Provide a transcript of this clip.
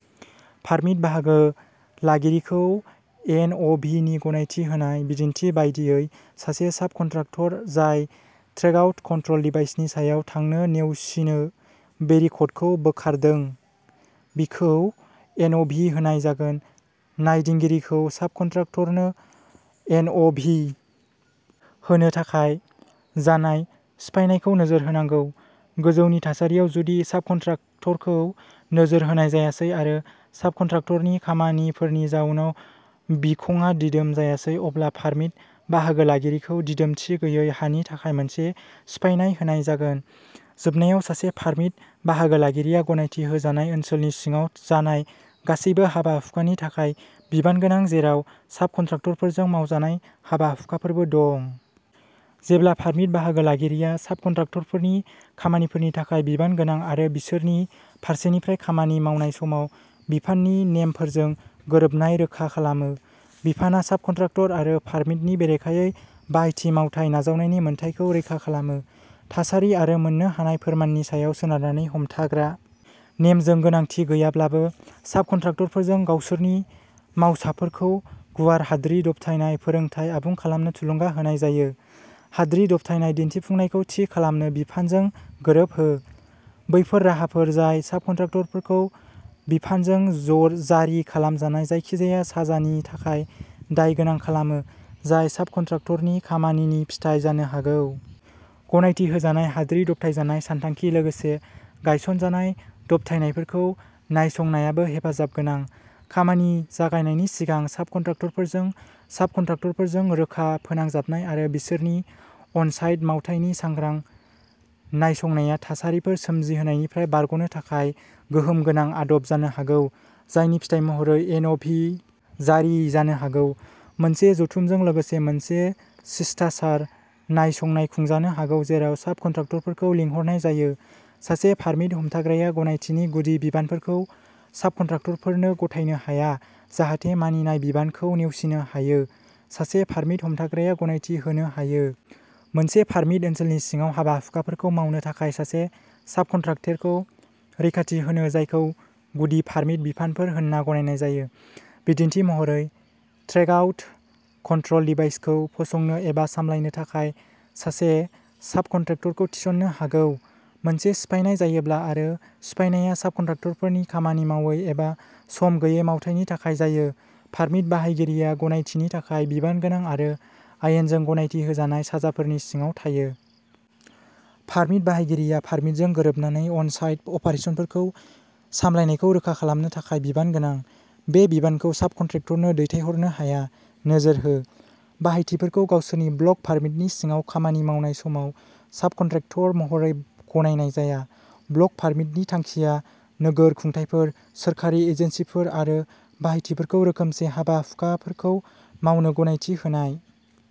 Permit बाहागो लागिरिखौ N. O. V. नि गनायथि होनाय। बिदिन्थि बायदियै, सासे साबकन्ट्राक्टर जाय ट्रेकआउट कन्ट्रल डिभाइसनि सायाव थांनो नेवसिनो बेरिकेडखौ बोखारदों, बिखौ एन. अ. भि. होनाय जागोन। नायदिंगिरिखौ साबकन्ट्राक्टरनो एन. अ. भि. होनो थाखाय जानाय सिफायनायखौ नोजोर होनांगौ। गोजौनि थासारियाव, जुदि साबकन्ट्राक्टरखौ नोजोर होनाय जायासै आरो साबकन्ट्राक्टरनि खामानिफोरनि जाउनाव बिखंआ दिदोम जायासै, अब्ला पारमिट बाहागोलागिरिखौ दिदोमथि गैयै हानि थाखाय मोनसे सिफायनाय होनाय जागोन। जोबनायाव, सासे पारमिट बाहागोलागिरिया गनायथि होजानाय ओनसोलनि सिङाव जानाय गासैबो हाबा-हुखानि थाखाय बिबान गोनां जेराव साबकन्ट्राक्टरफोरजों मावजानाय हाबा-हुखाफोरबो दं। जेब्ला पारमिट बाहागोलागिरिया साबकन्ट्राक्टरफोरनि खामानिफोरनि थाखाय बिबान गोनां आरो बिसोरनि फारसेनिफ्राय खामानि मावनाय समाव बिफाननि नेमफोरजों गोरोबनाय रोखा खालामो, बिफानआ साबकन्ट्राक्टर आरो पारमिटनि बेरेखायै बाहायथि मावथाय नाजावनायनि मोन्थाइखौ रैखा खालामो। थासारि आरो मोन्नो हानाय फोरमाननि सायाव सोनारनानै हमथाग्रा। नेमजों गोनांथि गैयाब्लाबो, साबकन्ट्राक्टरफोरजों गावसोरनि मावसाफोरखौ गुवार हाद्रि दबथायनाय फोरोंथाय आबुं खालामनो थुलुंगा होनाय जायो। हाद्रि दबथायनाय दिन्थिफुंनायखौ थि खालामनो बिफानजों गोरोबहो। बैफोर राहाफोर जाय साबकन्ट्राक्टरखौ बिफानजों जरि जारि खालामजानाय जायखिजाया साजानि थाखाय दाय गोनां खालामो, जाय साबकन्ट्राक्टरनि खामानिनि फिथाय जानो हागौ। गनायथि होजानाय हाद्रि दबथायनाय सानथांखि, लोगोसे गायसनजानाय दबथायनायफोरखौ नायसंनायाबो हेफाजाब गोनां, खामानि जागायनायनि सिगां साबकन्ट्राक्टरफोरजों। साबकन्ट्राक्टरफोरजों रोखा फोनांजाबनाय आरो बिसोरनि अन-साइट मावथायनि सांग्रां नायसंनाया थासारिफोर सोमजिहोनायनिफ्राय बारग'नो थाखाय गोहोम गोनां आदब जानो हागौ, जायनि फिथाय महरै एन.अ.भि जारि जानो हागौ। मोनसे जथुमजों लोगोसे मोनसे शिष्टाचार नायसंनाय खुंजानो हागौ जेराव साबकन्ट्राक्टरफोरखौ लिंहरनाय जायो। सासे पारमिट हमथाग्राया गनायथिनि गुदि बिबानफोरखौ साबकन्ट्राक्टरनो गथायनो हाया, जाहाथे मानिनाय बिबानखौ नेवसिनो हायो। सासे पारमिट हमथाग्राया गनायथि होनो हायो। मोनसे पारमिट ओनसोलनि सिङाव हाबा-हुखाफोरखौ मावनो थाखाय सासे साबकन्ट्रेक्टरखौ रैखाथि होनो जायखौ गुदि पारमिट बिबानफोर होनना गनायनाय जायो। बिदिन्थि महरै, ट्रेकआउट कन्ट्रल डिभाइसखौ फसंनो एबा सामलायनो थाखाय सासे साबकन्ट्रेक्टरखौ थिसननो हागौ। मोनसे सिफायनाय जायोब्ला आरो सिफायनायआ साबकन्ट्रेक्टरनि खामानि मावै एबा सम गैयै मावथायनि थाखाय जायो, पारमिट बाहागिरिया गनायथिनि थाखाय बिबान गोनां आरो आयेनजों गनायथि होजानाय साजाफोरनि सिङाव थायो। पारमिट बाहागिरिया पारमिटजों गोरोबनानै अनसाइट अपारेसनफोरखौ सामलायनायखौ रोखा खालामनो थाखाय बिबान गोनां। बे बिबानखौ साबकन्ट्रेक्टरनो दैथायहरनो हाया। नोजोर होः बाहायथिफोरखौ गावसोरनि ब्लक पारमिटनि सिङाव खामानि मावनाय समाव साबकन्ट्रेक्टर महरै गनायनाय जाया। ब्लक पारमिटनि थांखिया नोगोर खुंथायफोर, सोरखारि एजेन्सिफोर आरो बाहायथिफोरखौ रोखोमसे हाबा-हुखाफोरखौ मावनो गनायथि होनाय।